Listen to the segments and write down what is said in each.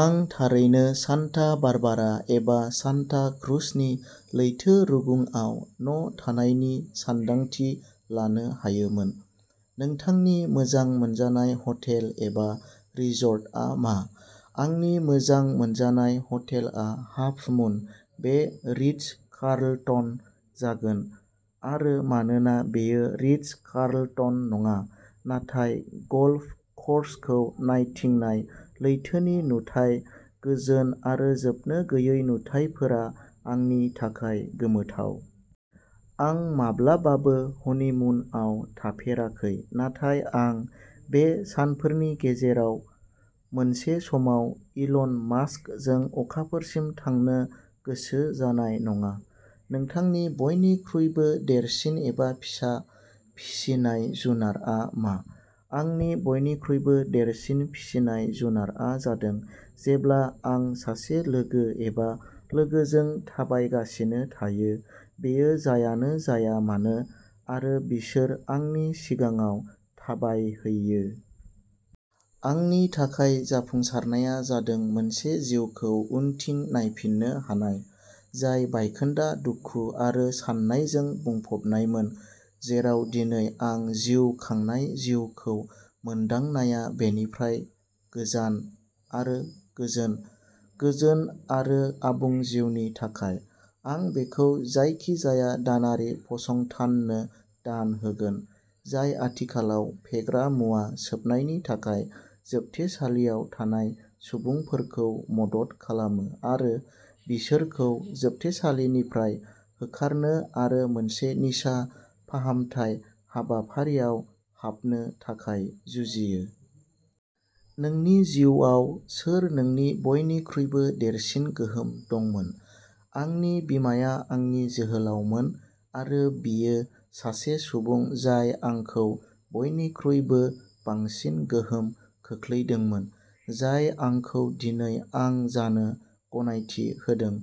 आं थारैनो सान्टा बारबारा एबा सान्टा क्रुजनि लैथो रुगुंआव न' थानायनि सानदांथि लानो हायोमोन। नोंथांनि मोजां मोनजानाय हटेल एबा रिसर्टआ मा? आंनि मोजां मोनजानाय हटेलआ हाफमुन बे "रिट्ज कार्लटन" जागोन आरो मानोना बेयो रिट्ज कार्लटन नङा, नाथाय गल्फ कर्सखौ नायथिंनाय लैथोनि नुथाय, गोजोन आरो जोबनो गैयै नुथायफोरा आंनि थाखाय गोमोथाव। आं माब्लाबाबो हनिमुनआव थाफेराखै नाथाय आं बे सानफोरनि गेजेराव मोनसे समाव इलन मास्कजों अखाफोरसिम थांनो गोसो जानाय नङा। नोंथांनि बयनिख्रुइबो देरसिन एबा फिसा फिसिनाय जुनारआ मा? आंनि बयनिख्रुइबो देरसिन फिसिनाय जुनारआ जादों जेब्ला आं सासे लोगो एबा लोगोजों थाबायगासिनो थायो, बियो जायानो जाया मानो आरो बिसोर आंनि सिगाङाव थाबायहैयो। आंनि थाखाय जाफुंसारनाया जादों मोनसे जिउखौ उनथिं नायफिन्नो हानाय, जाय बायखोन्दा, दुखु आरो सानायजों बुंफबनायमोन, जेराव दिनै आं जिउ खांनाय जिउखौ मोनदांनाया बेनिफ्राय गोजान आरो गोजोन, गोजोन आरो आबुं जिउनि थाखाय। आं बेखौ जायखिजाया दानारि फसंथाननो दान होगोन, जाय आथिखालाव फेग्रा मुवा सोबनायनि थाखाय जोबथेसालियाव थानाय सुबुंफोरखौ मदद खालामो आरो बिसोरखौ जोबथेसालिनिफ्राय होखारनो आरो मोनसे निसा फाहामथाय हाबाफारिआव हाबनो थाखाय जुजियो। नोंनि जिउआव सोर नोंनि बयनिख्रुइबो देरसिन गोहोम दंमोन? आंनि बिमाया आंनि जोहोलावमोन आरो बियो सासे सुबुं जाय आंखौ बयनिख्रुइबो बांसिन गोहोम खोख्लैदोंमोन, जाय आंखौ दिनै आं जानो गनायथि होदों।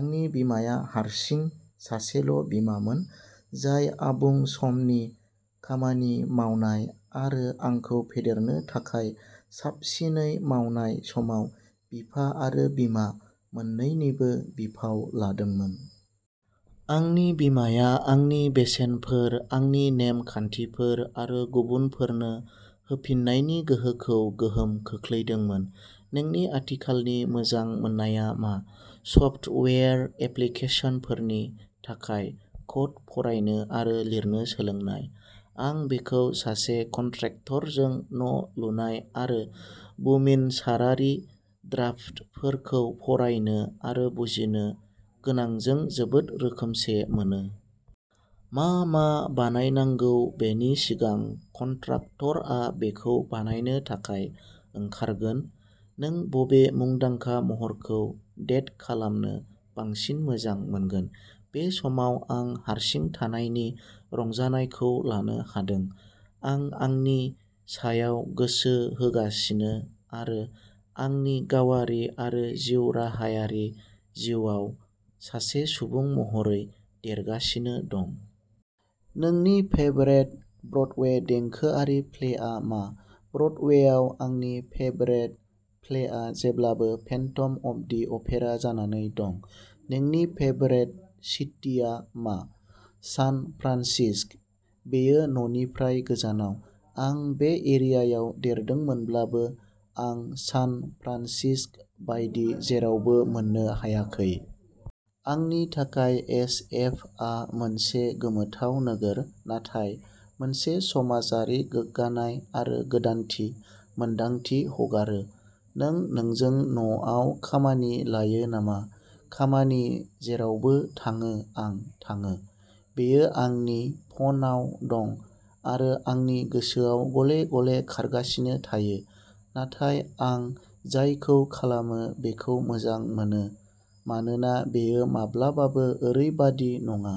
आंनि बिमाया हारसिं सासेल' बिमामोन, जाय आबुं समनि खामानि मावनाय आरो आंखौ फेदेरनो थाखाय साबसिनै मावनाय समाव बिमा आरो बिफा मोन्नैनिबो बिफाव लादोंमोन। आंनि बिमाया आंनि बेसेनफोर, आंनि नेम खान्थिफोर आरो गुबुनफोरनो होफिन्नायनि गोहोखौ गोहोम खोख्लैदोंमोन। नोंनि आथिखालनि मोजां मोननाया मा? सफ्टवेयार एप्लीकेसनफोरनि थाखाय क'ड फरायनो आरो लिरनो सोलोंनाय। आं बेखौ सासे कन्ट्रेक्टरजों न' लुनाय आरो बुमिनसारारि ड्राफ्टफोरखौ फरायनो आरो बुजिनो गोनांजों जोबोद रोखोमसे मोनो। मा मा बानायनांगौ बेनि सिगां कन्ट्राक्टरआ बेखौ बानायनो थाखाय ओंखारगोन। नों बबे मुंदांखा महरखौ डेट खालामनो बांसिन मोजां मोनगोन? बे समाव आं हारसिं थानायनि रंजानायखौ लानो हादों, आं आंनि सायाव गोसो होगासिनो आरो आंनि गावारि आरो जिउराहायारि जिउआव सासे सुबुं महरै देरगासिनो दं। नोंनि फेभरेट ब्रडवे देंखोआरि प्लेआ मा? ब्रडवेआव आंनि फेभरेट प्लेआ जेब्लाबो फेन्टम अफ दि अपेरा जानानै दं। नोंनि फेभरेट सिटीआ मा? सान फ्रान्सिस्क ', बेयो न'निफ्राय गोजानाव । आं बे एरियायाव देरदोंमोनब्लाबो, आं सान फ्रान्सिस्क' बायदि जेरावबो मोननो हायाखै। आंनि थाखाय एस एफआ मोनसे गोमोथाव नोगोर नाथाय मोनसे समाजारि, गोग्गानाय आरो गोदानथि मोन्दांथि हगारो। नों नोंजों न'आव खामानि लायो नामा? खामानि जेरावबो थाङो आं थाङो, बेयो आंनि फनाव दं आरो आंनि गोसोआव गले-गले खारगासिनो थायो, नाथाय आं जायखौ खालामो बेखौ मोजां मोनो, मानोना बेयो माब्लाबाबो ओरैबादि नङा।